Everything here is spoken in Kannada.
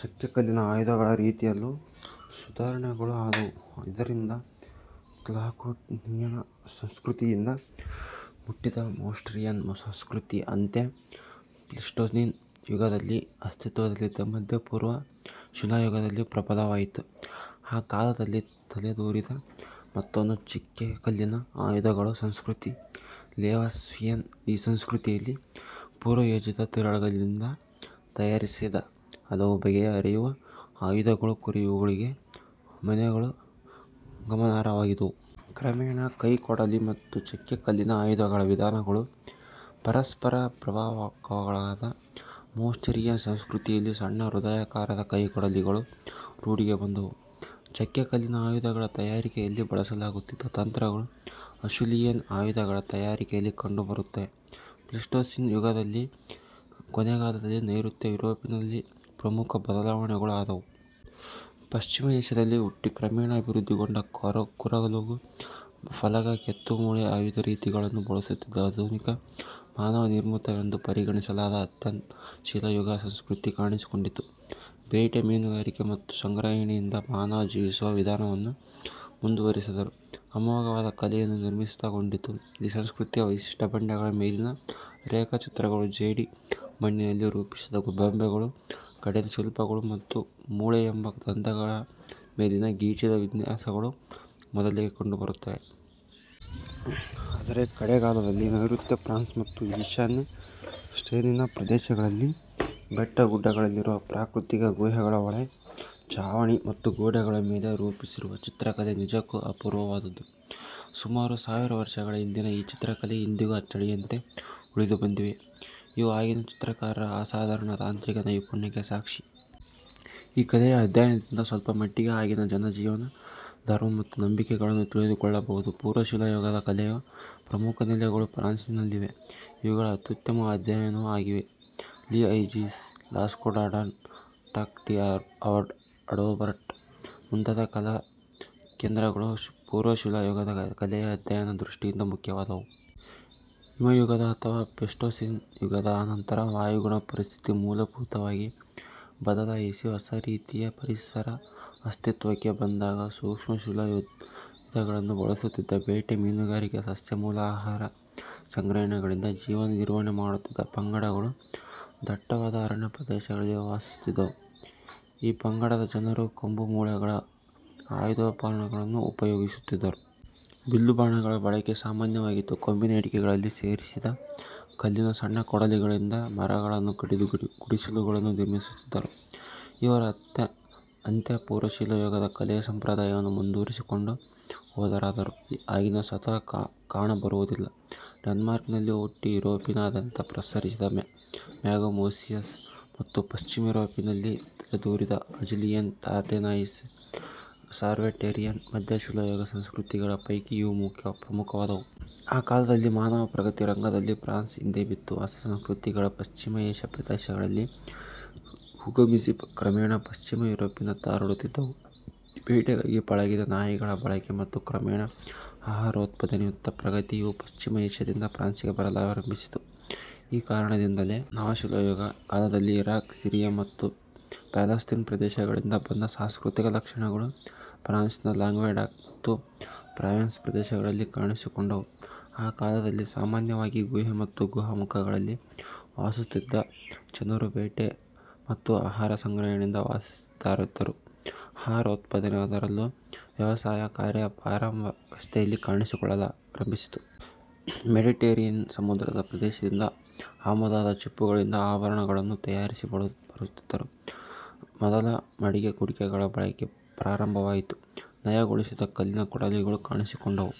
ಚಕ್ಕೆ ಕಲ್ಲಿನ ಆಯುಧಗಳ ರೀತಿಯಲ್ಲೂ ಸುಧಾರಣೆಗಳು ಆದುವು. ಇದರಿಂದ ಕ್ಲಾಕ್ಟೋನಿಯನ್ ಸಂಸ್ಕೃತಿಯಿಂದ ಹುಟ್ಟಿದ ಮೌಸ್ಟೀರಿಯನ್ ಸಂಸ್ಕೃತಿ ಅಂತ್ಯ ಪ್ಲೀಸ್ಟೋಸೀನ್ ಯುಗದ ಮೊದಲಲ್ಲಿ ಅಸ್ತಿತ್ವದಲ್ಲಿದ್ದ ಮಧ್ಯ-ಪೂರ್ವ ಶಿಲಾಯುಗದಲ್ಲಿ ಪ್ರಬಲವಾಯಿತು. ಆ ಕಾಲದಲ್ಲಿ ತಲೆದೋರಿದ ಮತ್ತೊಂದು ಚಕ್ಕೆಕಲ್ಲಿನ ಆಯುಧಗಳ ಸಂಸ್ಕೃತಿ ಲೆವಾಲ್ವಾಸಿಯನ್, ಈ ಸಂಸ್ಕೃತಿಯಲ್ಲಿ ಪೂರ್ವಯೋಜಿತ ತಿರುಳ್ಗಲ್ಲಿನಿಂದ ತಯಾರಿಸಿದ ಹಲವು ಬಗೆಯ ಹೆರೆಯುವ ಆಯುಧಗಳು, ಕೊರೆಯುಳಿಗಳು ಮೊನೆಗಳು ಗಮನಾರ್ಹವಾಗಿದ್ದುವು. ಕ್ರಮೇಣ ಕೈಕೊಡಲಿ ಮತ್ತು ಚಕ್ಕೆ ಕಲ್ಲಿನ ಆಯುಧಗಳ ವಿಧಾನಗಳು ಪರಸ್ಪರ ಪ್ರಭಾವಕ್ಕೊಳಗಾದುವು. ಮೌಸ್ಟೀರಿಯನ್ ಸಂಸ್ಕೃತಿಯಲ್ಲಿ ಸಣ್ಣ ಹೃದಯಾಕಾರದ ಕೈಕೊಡಲಿಗಳು ರೂಢಿಗೆ ಬಂದುವು. ಚಕ್ಕೆಕಲ್ಲಿನ ಆಯುಧಗಳ ತಯಾರಿಕೆಯಲ್ಲಿ ಬಳಸಲಾಗುತ್ತಿದ್ದ ತಂತ್ರಗಳು ಅಷ್ಯೂಲಿಯನ್ ಆಯುಧಗಳ ತಯಾರಿಕೆಯಲ್ಲಿ ಕಂಡುಬರುತ್ತವೆ. ಪ್ಲೀಸ್ಟೋಸೀನ್ ಯುಗದ ಕೊನೆಗಾಲದಲ್ಲಿ ನೈಋತ್ಯ ಯುರೋಪಿನಲ್ಲಿ ಪ್ರಮುಖ ಬದಲಾವಣೆಗಳು ಆದವು. ಪಶ್ಚಿಮ ಏಷ್ಯದಲ್ಲಿ ಹುಟ್ಟಿ ಕ್ರಮೇಣ ಅಭಿವೃದ್ಧಿಗೊಂಡ ಕೂರಲಗು ಫಲಕ ಕೆತ್ತುಮೊಳೆ ಆಯುಧರೀತಿಗಳನ್ನು ಬಳಸುತ್ತಿದ್ದ ಆಧುನಿಕ ಮಾನವ ನಿರ್ಮಿತವೆಂದು ಪರಿಗಣಿಸಲಾದ ಅಂತ್ಯಶಿಲಾಯುಗ ಸಂಸ್ಕೃತಿ ಕಾಣಿಸಿಕೊಂಡಿತು. ಬೇಟೆ, ಮೀನುಗಾರಿಕೆ ಮತ್ತು ಸಂಗ್ರಹಣೆಯಿಂದ ಮಾನವ ಜೀವಿಸುವ ವಿಧಾನವನ್ನು ಮುಂದುವರಿಸಿದರೂ ಅಮೋಘವಾದ ಕಲೆಯನ್ನು ನಿರ್ಮಿಸತೊಡಗಿದ್ದು ಈ ಸಂಸ್ಕೃತಿಯ ವೈಶಿಷ್ಟ್ಯ. ಬಂಡೆಗಳ ಮೇಲಿನ ರೇಖಾ ಚಿತ್ರಗಳು, ಜೇಡಿ ಮಣ್ಣಿನಲ್ಲಿ ರೂಪಿಸಿದ ಗೊಂಬೆಗಳು, ಕಡೆದ ಶಿಲ್ಪಗಳು ಮತ್ತು ಮೂಳೆ ಕೊಂಬು ದಂತಗಳ ಮೇಲಿನ ಗೀಚಿದ ವಿನ್ಯಾಸಗಳು ಮೊದಲಿಗೆ ಕಂಡುಬರುತ್ತವೆ. ಆದರೆ ಕಡೆಗಾಲದಲ್ಲಿ ನೈಋತ್ಯ ಫ್ರಾನ್ಸ್ ಮತ್ತು ಈಶಾನ್ಯ ಸ್ಟೇನಿನ ಪ್ರದೇಶಗಳಲ್ಲಿ ಬೆಟ್ಟಗುಡ್ಡಗಳಲ್ಲಿರುವ ಪ್ರಾಕೃತಿಕ ಗುಹೆಗಳ ಒಳ ಚಾವಣಿ ಮತ್ತು ಗೋಡೆಗಳ ಮೇಲೆ ರೂಪಿಸಿರುವ ಚಿತ್ರಕಲೆ ನಿಜಕ್ಕೂ ಅಪೂರ್ವವಾದದ್ದು. ಸುಮಾರು ಸಾವಿರ ವರ್ಷಗಳ ಹಿಂದಿನ ಈ ಚಿತ್ರಕಲೆ ಇಂದಿಗೂ ಅಚ್ಚಳಿಯದಂತೆ ಉಳಿದುಬಂದಿವೆ. ಇವು ಆಗಿನ ಚಿತ್ರಕಾರರ ಅಸಾಧಾರಣ ತಾಂತ್ರಿಕ ನೈಪುಣ್ಯಕ್ಕೆ ಸಾಕ್ಷಿ. ಈ ಕಲೆಯ ಅಧ್ಯಯನದಿಂದ ಸ್ವಲ್ಪಮಟ್ಟಿಗೆ ಆಗಿನ ಜನಜೀವನ, ಧರ್ಮ ಮತ್ತು ನಂಬಿಕೆಗಳನ್ನು ತಿಳಿದುಕೊಳ್ಳಬಹುದು. ಪೂರ್ವಶಿಲಾಯುಗದ ಕಲೆಯ ಪ್ರಮುಖ ನೆಲೆಗಳು ಫ್ರಾನ್ಸಿನಲ್ಲಿವೆ. ಇವುಗಳ ಅತ್ಯುತ್ತಮ ಅಧ್ಯಯನವೂ ಆಗಿವೆ. ಲಿಐಜೀಸ್, ಲಾಸ್ಕೊಡಾರ್ಡಾನ್, ಟಕ್ ಡಿ ಅಡೋಬರ್ಟ್ ಮುಂತಾದ ಕಲಾ ಕೇಂದ್ರಗಳು ಪೂರ್ವ ಶಿಲಾಯುಗದ ಕಲೆಯ ಅಧ್ಯಯನ ದೃಷ್ಟಿಯಿಂದ ಮುಖ್ಯವಾದವು. ಹಿಮಯುಗದ ಅಥವಾ ಪ್ಲೀಸ್ಟೋಸೀನ್ ಯುಗದ ಅನಂತರ ವಾಯುಗುಣ ಪರಿಸ್ಥಿತಿ ಮೂಲಭೂತವಾಗಿ ಬದಲಾಯಿಸಿ ಹೊಸರೀತಿಯ ಪರಿಸರ ಅಸ್ತಿತ್ವಕ್ಕೆ ಬಂದಾಗ ಸೂಕ್ಷ್ಮ ಶಿಲಾಯುಧಗಳನ್ನು ಬಳಸುತ್ತಿದ್ದ ಬೇಟೆ ಮೀನುಗಾರಿಕೆ ಸಸ್ಯಮೂಲ ಆಹಾರ ಸಂಗ್ರಹಣೆಗಳಿಂದ ಜೀವನ ನಿರ್ವಹಣೆ ಮಾಡುತ್ತಿದ್ದ ಪಂಗಡಗಳು ದಟ್ಟವಾದ ಅರಣ್ಯಪ್ರದೇಶಗಳಲ್ಲಿ ವಾಸಿಸುತ್ತಿದ್ದುವು. ಈ ಪಂಗಡದ ಜನರು ಕೊಂಬು ಮೂಳೆಗಳ ಆಯುಧೋಪಕರಣಗಳನ್ನು ಉಪಯೋಗಿಸುತ್ತಿದ್ದರು. ಬಿಲ್ಲು ಬಾಣಗಳ ಬಳಕೆ ಸಾಮಾನ್ಯವಾಗಿತ್ತು. ಕೊಂಬಿನ ಹಿಡಿಕೆಗಳಲ್ಲಿ ಸೇರಿಸಿದ ಕಲ್ಲಿನ ಸಣ್ಣಕೊಡಲಿಗಳಿಂದ ಮರಗಳನ್ನು ಕಡಿದು ಗುಡಿಸಿಲುಗಳನ್ನು ನಿರ್ಮಿಸುತ್ತಿದ್ದರು. ಇವರು ಅಂತ್ಯ ಪೂರ್ವಶಿಲಾಯುಗದ ಕಲೆಯ ಸಂಪ್ರದಾಯವನ್ನು ಮುಂದುವರಿಸಿಕೊಂಡು ಹೋದರಾದರೂ ಆಗಿನ ಸತ್ತ್ವ ಕಾಣಬರುವುದಿಲ್ಲ. ಡೆನ್ಮಾರ್ಕಿನಲ್ಲಿ ಹುಟ್ಟಿ ಯೂರೊಪಿನಾದ್ಯಂತ ಪ್ರಸರಿಸಿದ ಮ್ಯಾಗೆಮೋಸಿಯಸ್ ಮತ್ತು ಪಶ್ಚಿಮ ಯುರೋಪಿನಲ್ಲಿ ತಲೆದೋರಿದ ಅಜಿಲಿಯನ್ ಟಾರ್ಡೆನಾಯಿಸಿನ್, ಸವೆಟೆರ್ರಿಯನ್ ಮಧ್ಯಶಿಲಾಯುಗ ಸಂಸ್ಕೃತಿಗಳ ಪೈಕಿ ಇವು ಪ್ರಮುಖವಾದವು. ಆ ಕಾಲದಲ್ಲಿ ಮಾನವ ಪ್ರಗತಿ ರಂಗದಲ್ಲಿ ಫ್ರಾನ್ಸ್ ಹಿಂದೆ ಬಿತ್ತು. ಹೊಸ ಸಂಸ್ಕೃತಿಗಳು ಪಶ್ಚಿಮ ಏಷ್ಯ ಪ್ರದೇಶಗಳಲ್ಲಿ ಉಗಮಿಸಿ ಕ್ರಮೇಣ ಪಶ್ಚಿಮ ಯೂರೋಪಿನತ್ತ ಹರಡುತ್ತಿದ್ದುವು. ಬೇಟೆಗಾಗಿ ಪಳಗಿದ ನಾಯಿಗಳ ಬಳಕೆ ಮತ್ತು ಕ್ರಮೇಣ ಆಹಾರೋತ್ಪಾದನೆಯತ್ತ ಪ್ರಗತಿ, ಇವು ಪಶ್ಚಿಮ ಏಷ್ಯದಿಂದ ಫ್ರಾನ್ಸಿಗೆ ಬರಲಾರಂಭಿಸಿದ್ದು ಈ ಕಾರಣದಿಂದಲೇ. ನವಶಿಲಾಯುಗ ಕಾಲದಲ್ಲಿ ಇರಾಕ್, ಸಿರಿಯ ಮತ್ತು ಪ್ಯಾಲಸ್ತೀನ್ ಪ್ರದೇಶಗಳಿಂದ ಬಂದ ಸಾಂಸ್ಕೃತಿಕ ಲಕ್ಷಣಗಳು ಫ್ರಾನ್ಸಿನ ಲ್ಯಾಂಗ್ವೆಡಾಕ್ ಮತ್ತು ಪ್ರಾವೆನ್ಸ್ ಪ್ರದೇಶಗಳಲ್ಲಿ ಕಾಣಿಸಿಕೊಂಡವು. ಆ ಕಾಲದಲ್ಲಿ ಸಾಮಾನ್ಯವಾಗಿ ಗುಹೆ ಮತ್ತು ಗುಹಾಮುಖಗಳಲ್ಲಿ ವಾಸಿಸುತ್ತಿದ್ದ ಜನರು ಬೇಟೆ ಮತ್ತು ಆಹಾರಸಂಗ್ರಹಣೆಯಿಂದ ವಾಸಿಸುತ್ತಿದ್ದರಾದರೂ ಆಹಾರೋತ್ಪಾದನೆ ಅದರಲ್ಲೂ ವ್ಯವಸಾಯ ಕಾರ್ಯ ಪ್ರಾರಂಭಾವಸ್ಥೆಯಲ್ಲಿ ಕಾಣಿಸಿಕೊಳ್ಳಲಾರಂಭಿಸಿತು. ಮೆಡಿಟೆರೇನಿಯನ್ ಸಮುದ್ರ ಪ್ರದೇಶದಿಂದ ಆಮದಾದ ಚಿಪ್ಪುಗಳಿಂದ ಆಭರಣಗಳನ್ನು ತಯಾರಿಸಿ ಬಳಸುತ್ತಿದ್ದರು. ಮೊದಲ ಮಡಕೆ-ಕುಡಿಕೆಗಳ ಬಳಕೆ ಪ್ರಾರಂಭವಾಯಿತು. ನಯಗೊಳಿಸಿದ ಕಲ್ಲಿನ ಕೊಡಲಿಗಳು ಕಾಣಿಸಿಕೊಂಡವು.